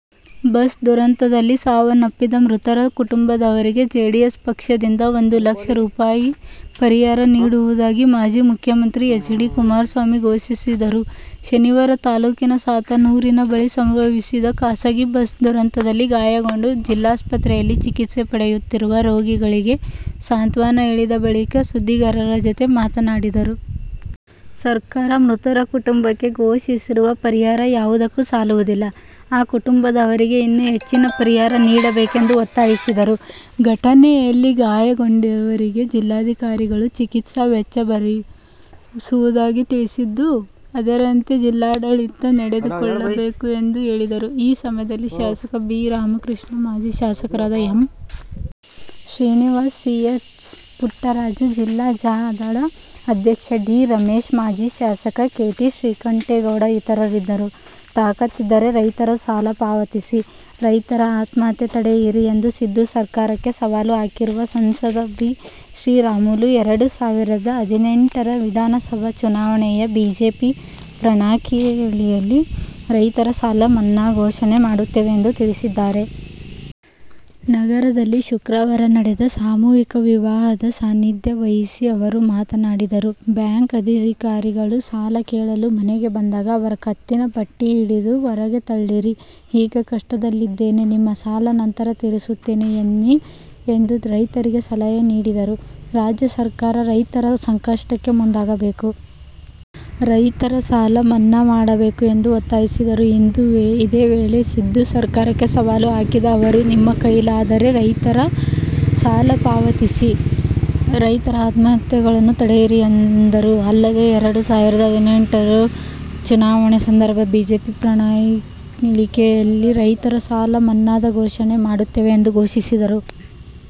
Bus ದುರಂತದಲ್ಲಿ ಸಾವನ್ನಪ್ಪಿದ ಮೃತರ ಕುಟುಂಬದವರಿಗೆ ಜೆಡಿಎಸ್ ಪಕ್ಷದಿಂದ ಒಂದು ಲಕ್ಷ ರೂಪಾಯಿ ಪರಿಹಾರ ನೀಡುವುದಾಗಿ ಮಾಜಿ ಮುಖ್ಯಮಂತ್ರಿ ಹೆಚ್. ಡಿ. ಕುಮಾರಸ್ವಾಮಿ ಘೋಷಿಸಿದರು. ಶನಿವಾರ ತಾಲೂಕಿನ ಸಾತನೂರಿನ ಬಳಿ ಸಂಭವಿಸಿದ ಖಾಸಗಿ ಬಸ್ ದುರಂತದಲ್ಲಿ ಗಾಯಗೊಂಡು ಜಿಲ್ಲಾಸ್ಪತ್ರೆಯಲ್ಲಿ ಚಿಕಿತ್ಸೆ ಪಡೆಯುತ್ತಿರುವ ರೋಗಿಗಳಿಗೆ ಸಾಂತ್ವನ ಹೇಳಿದ ಬಳಿಕ ಸುದ್ದಿಗಾರರ ಜೊತೆ ಮಾತನಾಡಿದರು. ಸರ್ಕಾರ ಮೃತರ ಕುಟುಂಬಕ್ಕೆ ಘೋಷಿಸಿರುವ ಪರಿಹಾರ ಯಾವುದಕ್ಕೂ ಸಾಲುವುದಿಲ್ಲ. ಆ ಕುಟುಂಬದವರಿಗೆ ಇನ್ನೂ ಹೆಚ್ಚಿನ ಪರಿಹಾರ ನೀಡಬೇಕೆಂದು ಒತ್ತಾಯಿಸಿದರು. ಘಟನೆಯಲ್ಲಿ ಗಾಯಗೊಂಡವರಿಗೆ ಜಿಲ್ಲಾಧಿಕಾರಿಗಳು ಚಿಕಿತ್ಸಾ ವೆಚ್ಚ ಭರಿಸುವುದಾಗಿ ತಿಳಿಸಿದ್ದು, ಅದರಂತೆ ಜಿಲ್ಲಾಡಳಿತ ನಡೆದುಕೊಳ್ಳಬೇಕು ಎಂದು ಹೇಳಿದರು. ಈ ಸಮಯದಲ್ಲಿ ಶಾಸಕ ಬಿ. ರಾಮಕೃಷ್ಣ, ಮಾಜಿ ಶಾಸಕರಾದ M. Srinivas, C. S. Puttaraju, ಜಿಲ್ಲಾ ಜಾ. ದಳ ಅಧ್ಯಕ್ಷ ಡಿ. ರಮೇಶ್ ಮಾಜಿ ಶಾಸಕ ಕೆ. ಟಿ. ಶ್ರೀಕಂಠೇಗೌಡ ಇತರರಿದ್ದರು. ತಾಕತ್ತಿದ್ದರೆ ರೈತರ ಸಾಲ ಪಾವತಿಸಿ, ರೈತರ ಆತ್ಮಹತ್ಯೆ ತಡೆಯಿರಿ ಎಂದು ಸಿದ್ದು ಸರ್ಕಾರಕ್ಕೆ ಸವಾಲು ಹಾಕಿರುವ ಸಂಸದ ಬಿ. ಶ್ರೀರಾಮುಲು, ಎರಡು ಸಾವಿರದ ಹದಿನೆಂಟರ ವಿಧಾನಸಭಾ ಚುನಾವಣೆಯ ಬಿಜೆಪಿ ಪ್ರಣಾಳಿಕೆಯಲ್ಲಿ ರೈತರ ಸಾಲ ಮನ್ನಾ ಘೋಷಣೆ ಮಾಡುತ್ತೇವೆ ಎಂದು ತಿಳಿಸಿದ್ದಾರೆ. ನಗರದಲ್ಲಿ ಶುಕ್ರವಾರ ನಡೆದ ಸಾಮೂಹಿಕ ವಿವಾಹದ ಸಾನ್ನಿಧ್ಯ ವಹಿಸಿ ಅವರು ಮಾತನಾಡಿದರು. ಬ್ಯಾಂಕ್ ಅಧಿಧಿಕಾರಿಗಳು ಸಾಲ ಕೇಳಲು ಮನೆಗೆ ಬಂದಾಗ ಅವರ ಕತ್ತಿನ ಪಟ್ಟಿ ಹಿಡಿದು ಹೊರಗೆ ತಳ್ಳಿರಿ. ಈಗ ಕಷ್ಟದಲ್ಲಿದ್ದೇನೆ. ನಿಮ್ಮ ಸಾಲ ನಂತರ ತೀರಿಸುತ್ತೇನೆ ಎನ್ನಿ ಎಂದು ರೈತರಿಗೆ ಸಲಹೆ ನೀಡಿದರು. ರಾಜ್ಯ ಸರ್ಕಾರ ರೈತರ ಸಂಕಷ್ಟಕ್ಕೆ ಮುಂದಾಗಬೇಕು. ರೈತರ ಸಾಲ ಮನ್ನಾ ಮಾಡಬೇಕು ಎಂದು ಒತ್ತಾಯಿಸಿದರು. ಇದೇ ವೇಳೆ, ಸಿದ್ದು ಸರ್ಕಾರಕ್ಕೆ ಸವಾಲು ಹಾಕಿದ ಅವರು, ನಿಮ್ಮ ಕೈಲಾದರೆ ರೈತರ ಸಾಲ ಪಾವತಿಸಿ, ರೈತರ ಆತ್ಮಹತ್ಯೆಗಳನ್ನು ತಡೆಯಿರಿ ಎಂದರು. ಅಲ್ಲದೆ, ಎರಡು ಸಾವಿರದ ಹದಿನೆಂಟುರ ಚುನಾವಣೆ ಸಂದರ್ಭ ಬಿಜೆಪಿ ಪ್ರಣಾಳಿಕೆಯಲ್ಲಿ ರೈತರ ಸಾಲ ಮನ್ನಾದ ಘೋಷಣೆ ಮಾಡುತ್ತೇವೆ ಎಂದು ಘೋಷಿಸಿದರು